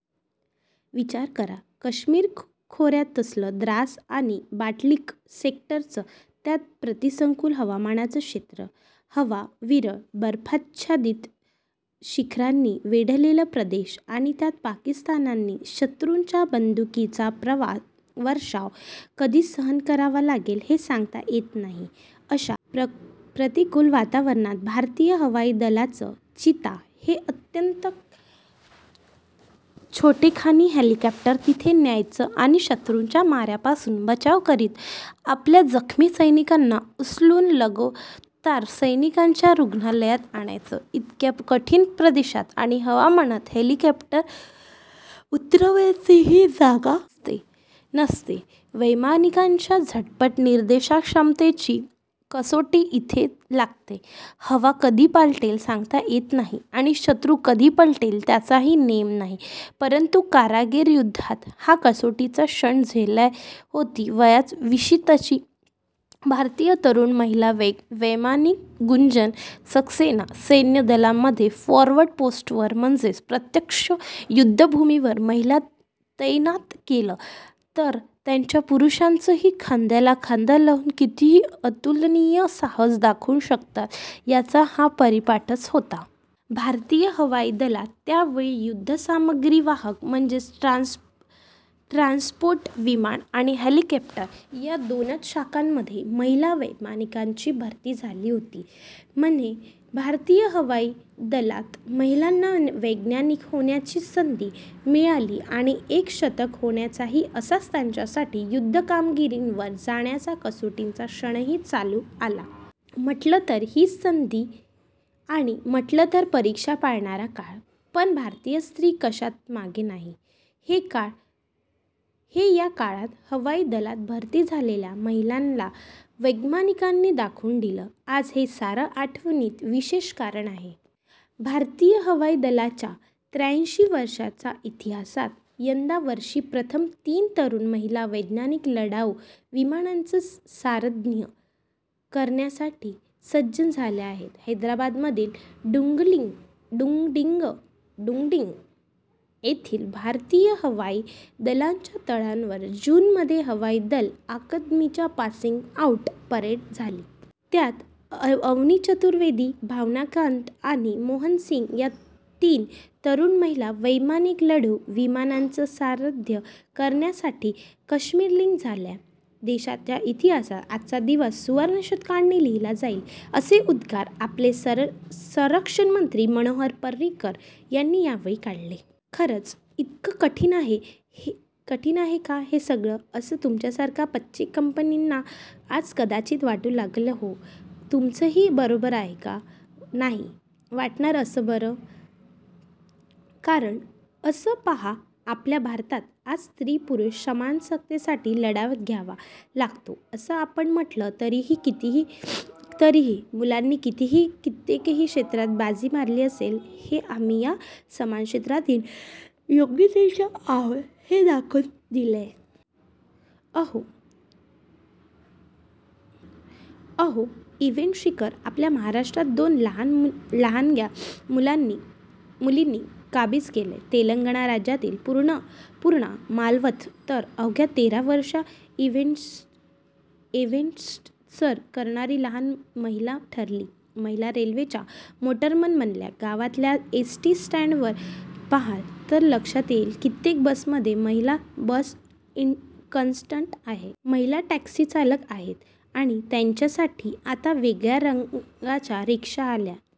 विचार करा, काश्मीर खोऱ्यातलं द्रास आणि बटालिक सेक्टरचं अत्यंत प्रतिकूल हवामानाचं क्षेत्र. हवा विरळ, बर्फाच्छादित शिखरांनी वेढलेला प्रदेश आणि त्यातही पाकिस्तानी शत्रूंच्या बंदुकीचा वर्षाव कधी सहन करावा लागेल, हे सांगता येत नाही. अशा प्रतिकूल वातावरणात भारतीय हवाई दलाचं चीता हे अत्यंत छोटेखानी हेलिकॉप्टर तिथे न्यायचं आणि शत्रूच्या माऱ्यापासून बचाव करीत आपल्या जखमी सैनिकांना उचलून लगोलग सैन्यदलाच्या रुग्णालयात आणायचं… इतक्या कठीण प्रदेशात आणि हवामानात हेलिकॉप्टर उतरवायलाही जागा नसते… वैमानिकाच्या झटपट निर्णयक्षमतेची कसोटीच लागते इथे… हवा कधी पालटेल सांगता येत नाही आणि शत्रू कधी टिपेल, त्याचाही नेम नाही… परंतु कारगिल युद्धातला हा कसोटीचा क्षण झेलत होती वयाच्या विशीतली भारतीय तरुण महिला वैमानिक गुंजन सक्सेना… सैन्यदलांमध्ये फॉरवर्ड पोस्ट्सवर म्हणजेच प्रत्यक्ष युद्धभूमीवर महिलांना तैनात केलं, तर त्याही पुरुषांच्याच खांद्याला खांदा लावून किती अतुलनीय साहस दाखवू शकतात, त्याचा हा परिपाठच होता. भारतीय हवाई दलात त्यावेळी युद्धसामग्रीवाहक म्हणजेच ट्रान्सपोर्ट विमानं आणि हेलिकॉप्टर या दोनच शाखांमध्ये महिला वैमानिकांची भरती झालेली होती. मध्ये भारतीय हवाई दलात महिलांना वैमानिक होण्याची संधी मिळाली आणि एक दशक होण्याच्याही आतच त्यांच्यासाठी युद्धकामगिरीवर जाण्याचा कसोटीचा क्षणही चालून आला. म्हटलं तर ही संधी आणि म्हटलं तर परीक्षा पाहणारा काळ. पण भारतीय स्त्री कशातच मागे नाही, हे या काळात हवाई दलात भरती झालेल्या महिला वैमानिकांनी दाखवून दिलं. आज हे सारं आठवण्याचं विशेष कारण आहे. भारतीय हवाई दलाच्या त्र्याऐंशी वर्षांच्या इतिहासात यंदाच्या वर्षी प्रथमच तीन तरुण महिला वैमानिक लढाऊ विमानांचं सारथ्य करण्यासाठी सज्ज झाल्या आहेत. हैदराबादमधील डुंडिगल येथील भारतीय हवाई दलाच्या तळावर जूनमध्ये हवाई दल अकादमीची पासिंग आऊट परेड झाली. त्यात अवनी चतुर्वेदी, भावना कांत आणि मोहना सिंग या तीन तरुण महिला वैमानिकांचं लढाऊ विमानांचं सारथ्य करण्यासाठी कमिशनिंग झालं. देशाच्या इतिहासात आजचा दिवस सुवर्णाक्षरांनी लिहिला जाईल, असे उद्गार आपले संरक्षणमंत्री मनोहर पर्रीकर यांनी यावेळी काढले. खरंच, इतकं कठीण आहे का हे सगळं, असं तुमच्यासारख्या बच्चेकंपनीला आज कदाचित वाटू शकेल. हो, तुमचंही बरोबरच आहे. का नाही वाटणार बरं असं? कारण असं पहा, आपल्या भारतात आज स्त्री-पुरुष समानतेसाठी लढा द्यावा लागतो असं आपण म्हटलं, तरीही मुलींनी कित्येक क्षेत्रांत बाजी मारली आहेच आणि आम्ही या समानतेच्या योग्यतेच्या आहोत, हे दाखवूनच दिलंय. अहो, एव्हरेस्ट शिखर आपल्या महाराष्ट्रातल्याच दोन लहानग्या मुलींनी काबीज केलं, तेलंगण राज्यातली पूर्णा मालवथ तर अवघ्या तेराव्या वर्षी एव्हरेस्ट सर करणारी सर्वात लहान महिला ठरली. महिला रेल्वेच्या मोटरमन बनल्या. गावातल्या एसटी स्टँडवर पहाल, तरी लक्षात येईल, कित्येक बसमध्ये महिला बस कंडक्टर आहेत. महिला टॅक्सीचालक आहेत आणि त्यांच्यासाठी आता वेगळ्या रंगाच्या रिक्षा आल्या